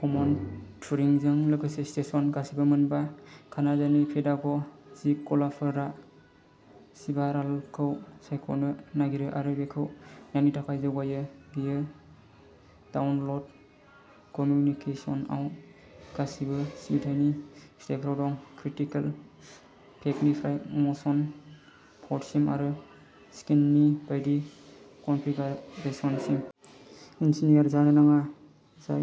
कमन टुरिंजों लोगोसे स्टेशन। गासै मोनबा कानाडानि पेडाग' जिक गलाफोरा सिबारालखौ सायख'नो नागिरो आरो बेखौ नायनो थाखाय जौगायो। बेयो, डाउनल'ड कम्यूनिकेशनआव, गासिबो सिबिथायनि फिथाइफोराव दं, क्रिटिकल पेकनिफ्राय म'शन पर्टसिम, आरो स्किन्नि बायदि कनफिगारेशनसिम। इन्जीनियार जानो नाङा, जाय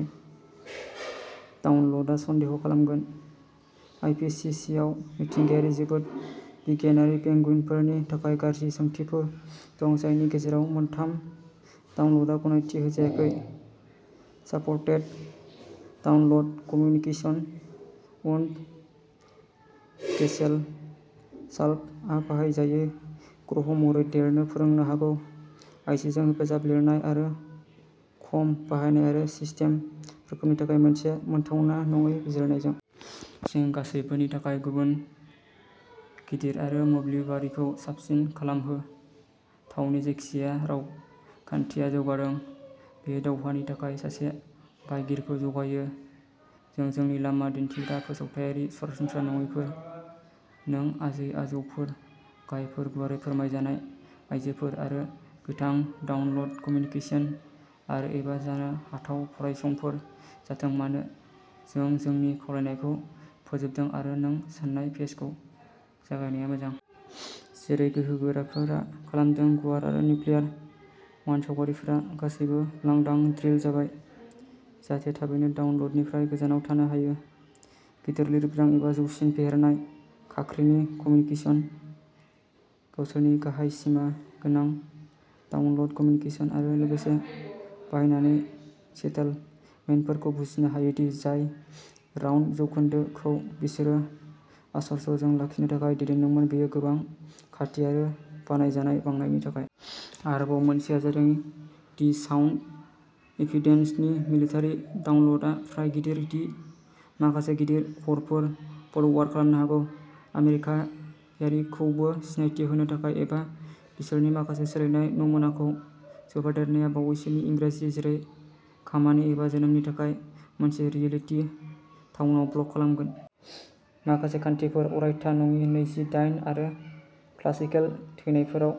डाउनल'डआ सन्देह खालामगोन, आइपिसिसिआव मिथिंगायारि जोबोद बिगियानारि पेंगुइनफोरनि थाखाय गाज्रि सोंथिफोर दं, जायनि गेजेराव मोनथाम डाउनल'डआ गनायथि होजायाखै। सापर्टेड डाउनल'ड कम्यूनिकेशन उन्ड गेसेलशाफ्ट आ बाहायजायै ग्रह महरै देरनो फोरोंनो हागौ, आइजोजों हेफाजाब लिरनाय आरो खम बाहायनाय आरो सिस्टेम रोखोमनि थाखाय मोनसे मोनथावना नङै बिजिरनायजों। जों गासैबोनि थाखाय गुबुन गिदिर आरो मोब्लिबारिखौ साबसिन खालामहो थावनि जायखिजाया रावखान्थिया जौगादों। बेयो दावहानि थाखाय सासे बाहायगिरिखौ जगायो जों जोंनि लामा दिन्थिग्रा फोसावथायारि सरासनस्रा नङैफोर। नों आजै-आजौफोर, गाहायफोर, गुवारै फोरमायजानाय आयजोफोर, आरो, गोथां डाउनल'ड कम्यूनिकेशन आरो, एबा जानो हाथाव फरायसंफोर जाथों मानो, जों जोंनि खावलायनायखौ फोजोबदों आरो नों सान्नाय पेजखौ जागायनाया मोजां। जेरै गोहोगोराफोरा खालामदों, गुवार आरो निउक्लियार मानसावगारिफोरा गासैबो लांदां ड्रिल जाबाय जाहाथे थाबैनो डाउनल'डनिफ्राय गोजानाव थानो हायो। गिदिर लिरबिदां एबा जौसिन फेहेरनाय खाख्रिनि कम्यूनिकेशन। गावसोरनि गाहाय सिमा गोनां डाउनल'ड कम्यूनिकेशन आरो लोगोसे बाहायनानै सेटेलमेन्टफोरखौ बुजिनो हायो दि जाय राउन्ड जौखोन्दो खौ बिसोरो आश्चर्यजों लाखिनो थाखाय दैदेनदोंमोन बेयो गोबां खाथि आरो बानायजानाय, बांनायनि थाखाय। आरोबाव मोनसेआ जादों दि साउन्ड एभिडेन्सनि मिलिटारि डाउनल'डआ फ्राय गिदिर दि माखासे गिदिर करफोर फरवार्ड खालामनो हागौ आमेरिकायारिखौबो सिनायथि होनो थाखाय, एबा बिसोरनि माखासे सोलायनाय नमुनाखौ सोफादेरनाया बावैसोनि इंराजि, जेरै खामानि एबा जोनोमनि थाखाय मोनसे रियेलिटि टाउनआव ब्लक खालामगोन। माखासे खान्थिफोर, अरायथा नङि नैजि-दाइन आरो क्लासिकेल थैनायफोराव,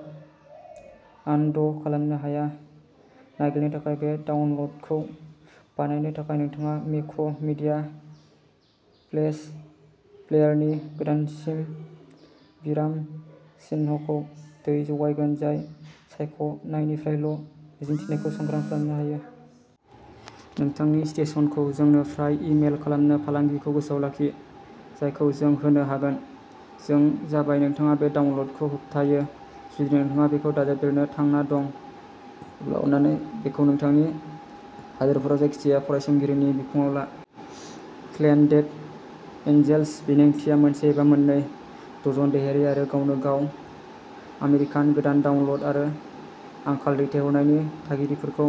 आनद' खालामनो हाया। नागिरनो थाखाय। बे डाउनल'डखौ बानायनो थाखाय नोंथाङा मेक्र' मिडिया फ्लेश प्लेयारनि गोदानसिन विराम चिह्नखौ दै जगायगोन, जाय सायख' नायनिफ्रायल' मिजिंथिनायखौ सांग्रां खालामनो हायो। नोंथांनि स्टेशनखौ जोंनो फ्राय इ-मेल खालामनो फालांगिखौ गोसोआव लाखि, जायखौ जों होनो हागोन। जों जाबाय नोंथाङा बे डाउनल'डखौ होबथायो। जुदि नोंथाङा बेखौ दाजाबदेरनो थांना दं, अब्ला अन्नानै बेखौ नोंथांनि हादोरफोराव जायखिजाया फरायसंगिरिनि बिखुङाव ला। क्लेन डेथ एन्जेल्स बेनि ओंथिया मोनसे एबा मोननै डजन देहायारि आरो गावनो गाव आमेरिकान, गोदान डाउनल'ड आरो आंखाल दैथायहरनायनि थागिरिफोरखौ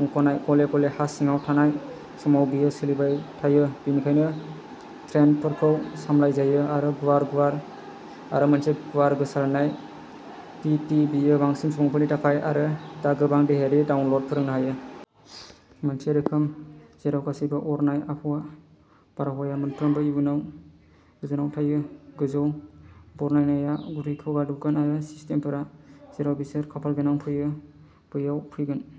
मुंख'नाय। गले-गले हा सिङाव थानाय समाव, बेयो सोलिबाय थायो बेनिखायनो ट्रेन्डफोरखौ सामलायजायो आरो गुवार गुवार आरो मोनसे गुवार गोसारनाय फि फि बेयो बांसिन सुबुंफोरनि थाखाय आरो दा गोबां देहायारि डाउनल'ड फोरोंनो हायो। मोनसे रोखोम जेराव गासैबो अरनाय आबहावा बारहावाया मोनफ्रोमबो इयुनाव गोजानाव थायो, गोजौ बरनायनाया गुरैखौ गादबगोन आरो सिस्टेमफोरा जेराव बिसोर खाफालगोनां फैयो बैयाव फैगोन।